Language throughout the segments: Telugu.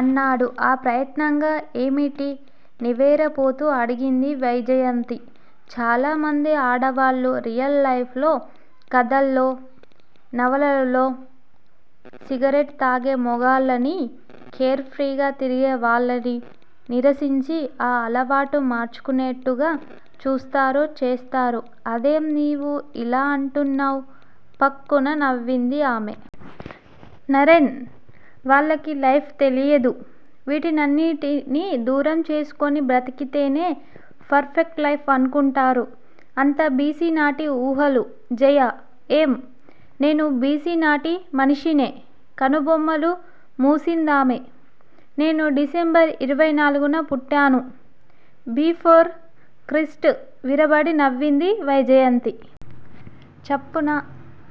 అన్నాడు ఆ ప్రయత్నంగా. ఏమిటి? నివేరపోతూ అడిగింది వైజయంతి. చాలా మంది ఆడవాళ్ళు రియల్ లైఫ్ లో, కధల్లో, నవలల్లో సిగరెట్ తాగే మొగాళ్ళని, కేర్ ఫ్రీగా తిరిగే వాళ్లని నిరసించి ఆ అలవాటు మార్చుకునేట్టుగా చూస్తారు. చేస్తారు అదేం. నీవు యిలా అంటున్నావ్ ఫక్కున నవ్వింది ఆమె. నరేన్! వాళ్లకి లైఫ్ తెలియదు. వీటినన్నిటిని దూరం చేసుకొని బ్రతికితేనే పర్ ఫెక్ట్ లైఫ్ అనుకుంటారు. అంతా బి. సి. నాటి ఉహాలు! జయా! ఏం? నేనూ బి. సి నాటి మనిషినే?! కనుబొమ్మలు ముసిందామే. నేను డిసెంబర్ ఇరవై నాలుగు న పుట్టాను. బిఫోర్ క్రిస్ట్ విరబడి నవ్వింది వైజయంతి. చప్పున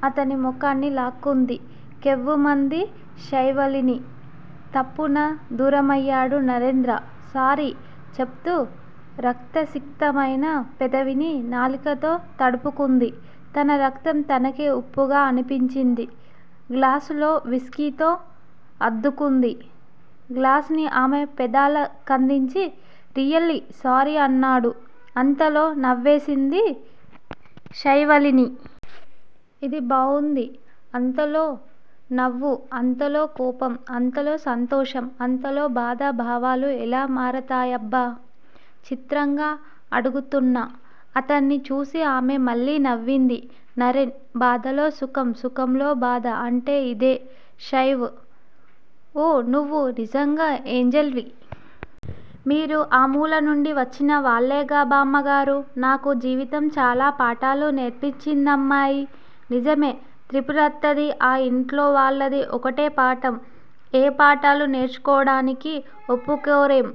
అతని ముఖాన్ని లాక్కుంది. కేవుమంది శైవలిని. చప్పున దూరమయ్యాడు నరేంద్ర సారీ! చెపుతూ రక్తసిక్తమైన పెదవిని నాలికతో తడుపుకుంది. తన రక్తం తనకే ఉప్పుగా అనిపించింది. గ్లాసులో విస్కీతో అద్దుకుంది. గ్లాసుని ఆమె పేదల కందించి! రియల్లి సారీ అన్నాడు. అంతలో నవ్వేసింది శైవలిని. యిది బావుంది. అంతలో నవ్వు, అంతలో కోపం! అంతలో సంతోషం అంతలో బాధ భావాలు ఎలా మరతాయబ్బా? చిత్రంగా అడుగుతున్న అతన్ని చూసి ఆమె మళ్ళీ నవ్వింది. నరేన్! బాధలో సుఖం, సుఖంలో బాధ అంటే యిదే! శైవ్! ఊ నువ్వు నిజంగా ఏంజల్ వి? మీరూ ఆ మూల నుండి వచ్చిన వాళ్ళేగా, బామ్మగారూ? నాకు జీవితం చాలా పాఠాలు నేర్పించిందమ్మాయ్! నిజమే! త్రిపురత్తది, ఆ ఇంట్లో వాళ్ళది ఒకటే పాఠం. ఏ పాఠాలు నేర్చుకోవడానికి ఒప్పుకోరేం.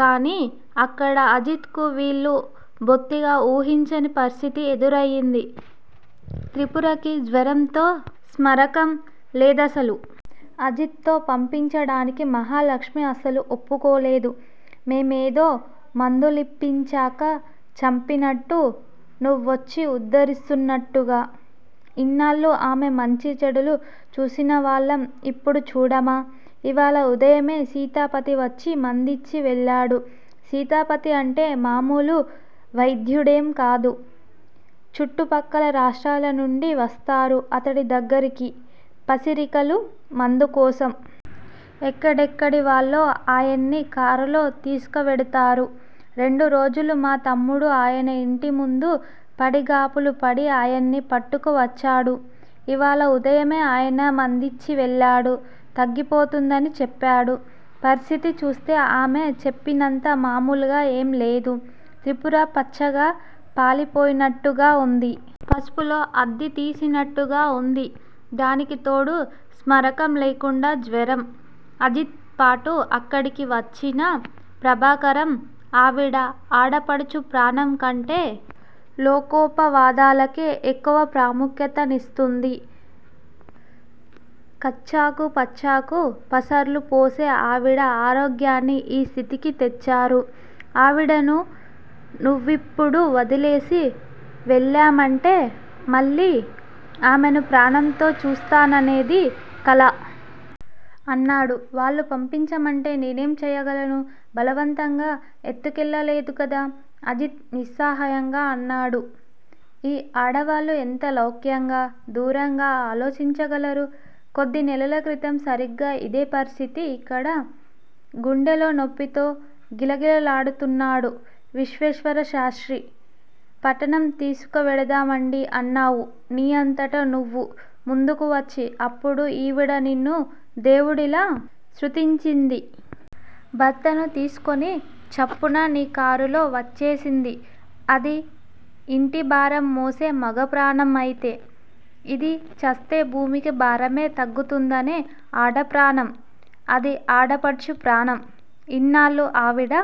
కానీ, అక్కడ అజిత్ కు వీళ్ళు బొత్తిగా ఊహించని పరిస్ధితి ఎదుర్తెంది. త్రిపురకి జ్వరంతో స్మరకం లేదసలు! అజిత్ తో పంపించడానికి మహాలక్ష్మి అస్సలు ఒప్పకోలేదు. మేమేదో మందులిప్పించాక చంపినట్టు! నువ్వొచ్చి ఉద్దరిస్తున్నట్టుగా! ఇన్నాళ్ళు ఆమె మంచి చెడులు చూసినవాళ్ళం ఇప్పుడు చూడమా? ఇవాళ ఉదయమే సీతాపతి వచ్చి మందిచ్చి వెళ్ళాడు. సీతాపతి అంటే మామూలు వ్తేద్యుడేం కాదు! చుట్టపక్కల రాష్ట్రలనుండి వస్తారు అతడి దగ్గరికి, పసిరికలు మందుకోసం! ఎక్కడెక్కడి వాళ్ళో ఆయన్ని కారులో తిసుకవెడతారు. రెండు రోజులు మా తమ్ముడు ఆయన ఇంటిముందు పడిగాపులుపడి ఆయన్ని పట్టుకు వచ్చాడు. ఇవాళ ఉదయమే ఆయన మందిచ్చి వెళ్ళాడు. తగ్గిపోతుందని చెప్పాడు. పరిస్ధితి చూస్తే ఆమె చెప్పినంత మామూలుగా ఏం లేదు. త్రిపుర పచ్చగా పాలిపోయినట్టుగా ఉంది. పసుపులో అద్ది తిసినట్టుగా ఉంది! దానికితోడు స్మరకం లేకుండా జ్వరం! అజిత్ పాటు అక్కడికి వచ్చిన ప్రభాకరం, ఆవిడ ఆడపడుచు ప్రాణంకంటే లోకోపవాదాలకే ఎక్కువ ప్రాముఖ్యతనిస్తూంది. కచ్చాకు పచ్చాకు పసర్లు పోసే ఆవిడ ఆరోగ్యాన్ని ఈ స్ధితికి తెచ్చారు. ఆవిడను నువ్విప్పుడు వదిలేసి వెళ్ళామంటే మళ్ళి ఆమెను ప్రాణంతో చూస్తాననేది కల్ల! అన్నాడు. వాళ్ళు పంపించమంటే నేనేం చేయగలను? బలవంతగా ఎత్తుకెళ్ళలేదు కదా? అజిత్ నిస్సహాయింగా అన్నాడు. ఈ ఆడవాళ్ళు ఎంత లౌక్యంగా, దూరంగా ఆలోచించగలరు! కొద్ది నెలల క్రితం సరిగ్గా ఇదే పరిస్ధితి ఇక్కడ. గుండెలో నొప్పితో గిలగిల్లాడుతున్నాడు విశ్వేశ్వరశాస్త్రి! పట్టణం తీసుకువెడదామండి అన్నావు ని అంతట నువ్వు ముందుకు వచ్చి, అప్పుడు ఈవిడ నిన్ను దేవుడిలా స్తుతించింది. భర్తను తీసుకొని చప్పున ని కారులో వచ్చేసింది. అది ఇంటిభారం మోసే మగప్రాణం అయితే, ఇదిచస్తే భూమికి భారమే తగ్గుతుందనే ఆడప్రాణం! అది ఆడపడుచు ప్రాణం! ఇన్నాళ్ళు ఆవిడ